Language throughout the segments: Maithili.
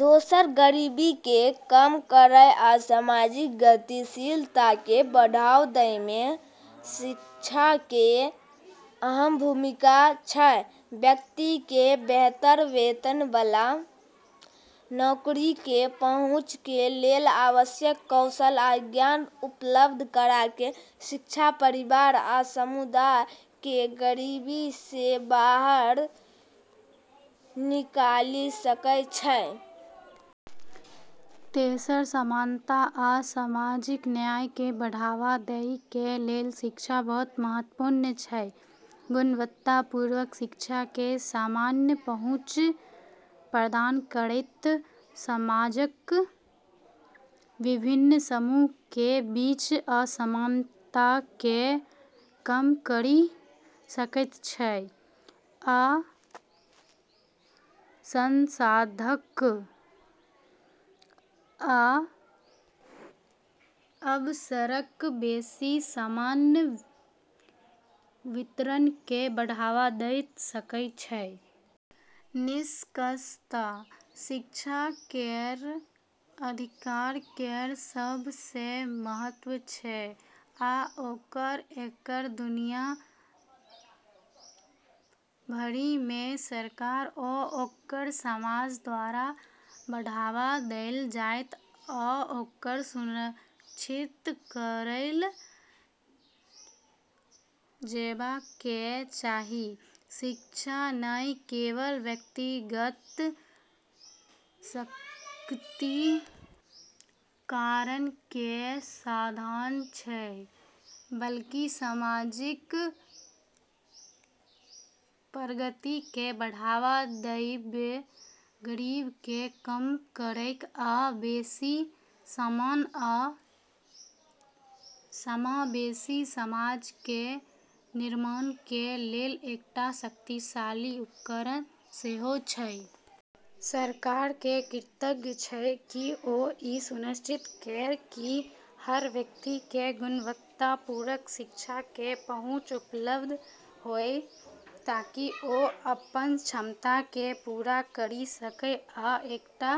दोसर, गरीबीके कम करै आ सामाजिक गतिशीलताके बढ़ावा दैमे शिक्षाके अहम भूमिका छै। व्यक्तिके बेहतर वेतनबला नौकरीके पहुँचके लेल आवश्यक कौशल आ ज्ञान उपलब्ध कराके शिक्षा परिवार आ समुदायके गरीबी सँ बाहर निकालि सकै छै। तेसर, समानता आ सामाजिक न्यायके बढ़ावा दैके लेल शिक्षा बहुत महत्वपूर्ण छै। गुणवत्तापूर्ण शिक्षाके समान पहुँच प्रदान करैत समाजक विभिन्न समूहके बीच असमानताके कम करि सकै छै, आ संसाधनक आ अवसरक बेशी समान वितरणके बढ़ावा द' सकै छै। निष्कर्षतः शिक्षा केर अधिकार केर सबसँ महत्व छै, आओर एकरा दुनिया भरिमे सरकार आओर समाज द्वारा बढ़ावा देल जाइ आओर सुरक्षित करल जेबाके चाही। शिक्षा नहि केवल व्यक्तिगत सशक्तिकरणके साधन छै बल्कि सामाजिक प्रगतिके बढ़ावा देबै, गरीबीके कम करै, आ बेशी समान आ समावेशी समाजके निर्माणके लेल एकटा शक्तिशाली उपकरण सेहो छै। सरकारके कर्तव्य छै कि ओ ई सुनिश्चित करै कि हर व्यक्तिके गुणवत्तापूर्ण शिक्षाके पहुँच उपलब्ध होइ, ताकि ओ अपन क्षमताके पूरा करि सकै आ एकटा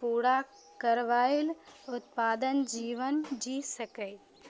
पूरा करैबला, उत्पादक जीवन जी सकै ।